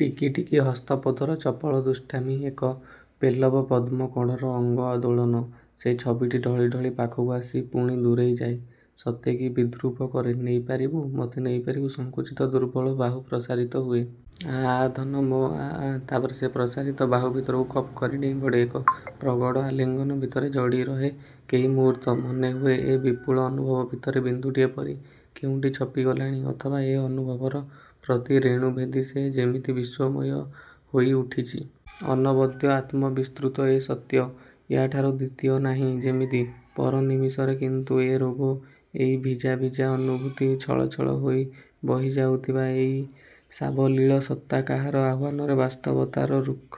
ଟିକି ଟିକି ହସ୍ତପଦର ଚପଳ ଦୁଷ୍ଟାମୀ । ଏକ ପେଲବ ପଦ୍ମ କଢ଼ର ଅଙ୍ଗ ଦୋଳନ। ସେ ଛବିଟି ଢଳି ଢଳି ପାଖକୁ ଆସି ପୁଣି ଦୂରେଇ ଯାଏ । ସତେ କି ବିଦ୍ରୁପ କରେ, ନେଇ ପାରିବୁ? ମତେ ନେଇ ପାରିବୁ? ସଂକୁଚିତ ଦୁର୍ବଳ ବାହୁ ପ୍ରସାରିତ ହୁଏ। ଆ ଆ ଧନ ମୋ ଆ ଆ । ତାପରେ ସେ ପ୍ରସାରିତ ବାହୁ ଭିତରକୁ ଖପ୍ କରି ଡେଇଁପଡ଼େ। ଏକ ପ୍ରଗଢ଼ ଆଲିଙ୍ଗନ ଭିତରେ ଜଡ଼ି ରହେ କେଇ ମୁହୂର୍ତ୍ତ। ମନେହୁଏ ଏ ବିପୁଳ ଅନୁଭବ ଭିତରେ ବିନ୍ଦୁଟିଏ ପରି କେଉଁଠି ଛପି ଗଲାଣି ଅଥବା ଏ ଅନୁଭବର ପ୍ରତି ରେଣୁ ଭେଦି ସେ ଯେମିତି ବିଶ୍ଵମୟ ହୋଇ ଉଠିଛି। ଅନବଦ୍ୟ, ଆତ୍ମବିସ୍ତୃତ ଏ ସତ୍ୟ । ୟା ଠାରୁ ଦ୍ଵିତୀୟ ନାହିଁ ଯେମିତି । ପର ନିମିଷରେ କିନ୍ତୁ ଏ ରୋଗ, ଏଇ ଭିଜା ଭିଜା ଅନୁଭୂତି। ଛଳ ଛଳ ହୋଇ ବହିଯାଉଥିବା ଏଇ ସାବଲୀଳ ସତ୍ତା କାହାର ଆହ୍ଵାନରେ ବାସ୍ତବତାର ରୁକ୍ଷ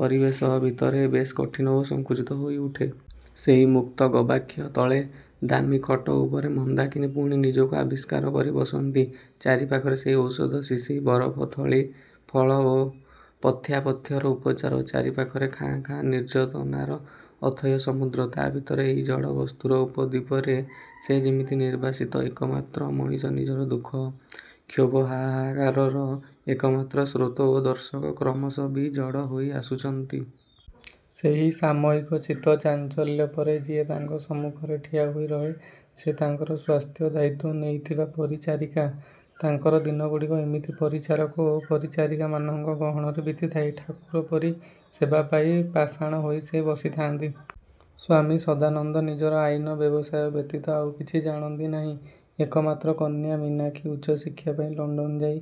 ପରିବେଶ ଭିତରେ ବେଶ୍ କଠିନ ଓ ସଙ୍କୁଚିତ ହୋଇ ଉଠେ। ସେଇ ମୁକ୍ତ ଗବାକ୍ଷ ତଳେ ଦାମି ଖଟ ଉପରେ ମନ୍ଦାକିନୀ ପୁଣି ନିଜକୁ ଆବିଷ୍କାର କରି ବସନ୍ତି। ଚାରି ପାଖରେ ସେହି ଔଷଧ ଶିଶି, ବରଫଥଳି, ଫଳ ଓ ପଥ୍ୟାପଥ୍ୟର ଉପଚାର। ଚାରି ପାଖରେ ଖାଁ ଖାଁ ନିର୍ଜନତାର ଅଥୟ ସମୁଦ୍ର। ତା ଭିତରେ ଏଇ ଜଡ଼ ବସ୍ତୁର ଉପଦ୍ୱୀପରେ ସେ ଯେମିତି ନିର୍ବାସିତ ଏକମାତ୍ର ମଣିଷ ନିଜର ଦୁଃଖ, କ୍ଷୋଭ, ହାହାକାର ର ଏକମାତ୍ର ଶ୍ରୋତ ଓ ଦର୍ଶକ କ୍ରମଶ ବି ଜଡ଼ ହୋଇ ଆସୁଚନ୍ତି । ସେହି ସାମୟିକ ଚିତ୍ତ ଚାଞ୍ଚଲ୍ୟ ପରେ ଯିଏ ତାଙ୍କ ସମ୍ମୁଖରେ ଠିଆ ହୋଇ ରହେ ସେ ତାଙ୍କର ସ୍ୱାସ୍ଥ୍ୟ ଦାୟିତ୍ଵ ନେଇଥିବା ପରିଚାରିକା । ତାଙ୍କର ଦିନଗୁଡ଼ିକ ଏମିତି ପରିଚାରକ ଓ ପାରିଚାରିକା ମାନଙ୍କ ଗହଣରେ ବିତିଥାଏ। ଠାକୁର ପରି ସେବା ପାଇ ପାଷାଣ ହୋଇ ସେ ବସିଥାନ୍ତି । ସ୍ୱାମୀ ସଦାନନ୍ଦ ନିଜର ଆଇନ ବ୍ୟବସାୟ ବ୍ୟତୀତ ଆଉ କିଛି ଜାଣନ୍ତି ନାହିଁ। ଏକମାତ୍ର କନ୍ୟା ମୀନାକ୍ଷୀ ଉଚ୍ଚ ଶିକ୍ଷାପାଇଁ ଲଣ୍ଡନ ଯାଇ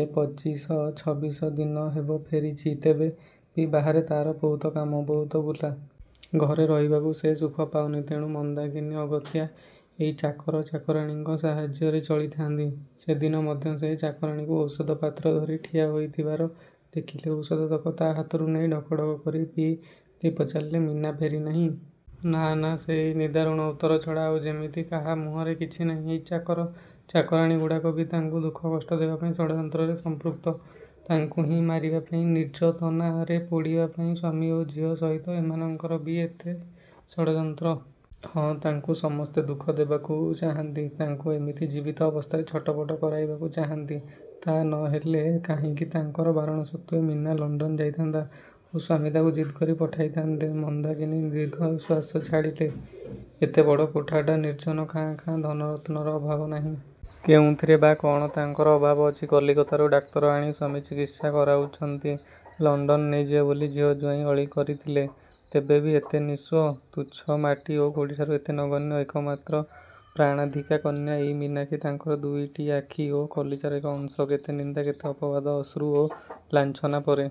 ଏ ପିଚିଶ ଛବିଶ ଦିନ ହେବ ଫେରିଚି । ତେବେ ବି ବାହାରେ ତାର ବହୁତ କାମ, ବହୁତ ବୁଲା । ଘରେ ରହିବାକୁ ସେ ସୁଖ ପାଉନି, ତେଣୁ ମନ୍ଦାକିନୀ ଅଗତ୍ୟା ଏଇ ଚାକର, ଚାକରାଣୀଙ୍କ ସାହାଯ୍ୟରେ ଚଳିଥାନ୍ତି। ସେ ଦିନ ମଧ୍ୟ ସେ ଚାକରାଣୀକୁ ଔଷଧ ପାତ୍ର ଧରି ଠିଆ ହୋଇଥିବାର ଦେଖିଲେ। ଔଷଧତକ ତା ହାତରୁ ନେଇ ଢକଢ଼କ କରି ପିଇ ଦେଇ ପଚାରିଲେ, ମୀନା ଫେରି ନାହିଁ? ନାଁ ନାଁ ସେଇ ନିଦାରୁଣ ଉତ୍ତର ଛଡ଼ା ଆଉ ଯେମିତି କାହା ମୁହଁରେ କିଛି ନାହିଁ। ଏଇ ଚାକର, ଚାକରାଣୀଗୁଡ଼ାକ ବି ତାଙ୍କୁ ଦୁଃଖ, କଷ୍ଟ ଦେବାପାଇଁ ଷଡ଼ଯନ୍ତ୍ର ରେ ସଂପୃକ୍ତ। ତାଙ୍କୁ ହିଁ ମାରିବାପାଇଁ, ନିର୍ଜତନା ରେ ପୋଡ଼ିବାପାଇଁ ସ୍ୱାମୀ ଓ ଝିଅ ସହିତ ଏମାନଙ୍କର ବି ଏତେ ଷଡ଼ଯନ୍ତ୍ର । ହଁ ତାଙ୍କୁ ସମସ୍ତେ ଦୁଃଖ ଦେବାକୁ ଚାହାନ୍ତି, ତାଙ୍କୁ ଏମିତି ଜୀବିତ ଅବସ୍ଥାରେ ଛଟପଟ କରାଇବାକୁ ଚାହାନ୍ତି ତା ନହେଲେ କାହିଁକି ତାଙ୍କର ବାରଣସତ୍ତ୍ୱେ ମୀନା ଲଣ୍ଡନ ଯାଇଥାନ୍ତା ଓ ସ୍ୱାମୀ ତାକୁ ଜିଦ୍ କରି ପଠାଇଥାନ୍ତେ? ମନ୍ଦାକିନୀ ଦୀର୍ଘଶ୍ଵାସ ଛାଡ଼ିଲେ । ଏତେ ବଡ଼ କୋଠାଟା ନିର୍ଜନ ଖାଁ ଖାଁ, ଧନରତ୍ନର ଅଭାବ ନାହିଁ। କେଉଁଥିରେ ବା କଣ ତାଙ୍କର ଅଭାବ ଅଛି । କଲିକତାରୁ ଡାକ୍ତର ଆଣି ସ୍ୱାମୀ ଚିକିତ୍ସା କରାଉଛନ୍ତି। ଲଣ୍ଡନ ନେଇଯିବେ ବୋଲି ଝିଅ, ଜ୍ଵାଇଁ ଅଳି କରିଥିଲେ। ତେବେ ବି ଏତେ ନିଃସ୍ୱ, ତୁଚ୍ଛ ମାଟି ଓ ଗୋଡ଼ିଠାରୁ ଏତେ ନଗଣ୍ୟ । ଏକମାତ୍ର ପ୍ରାଣାଧିକା କନ୍ୟା ଏଇ ମୀନାକ୍ଷୀ, ତାଙ୍କର ଦୁଇଟି ଆଖି ଓ କଲିଜାର ଏକ ଅଂଶ। କେତେ ନିନ୍ଦା କେତେ ଅପବାଦ, ଅଶ୍ରୁ ଓ ଲାଞ୍ଛନା ପରେ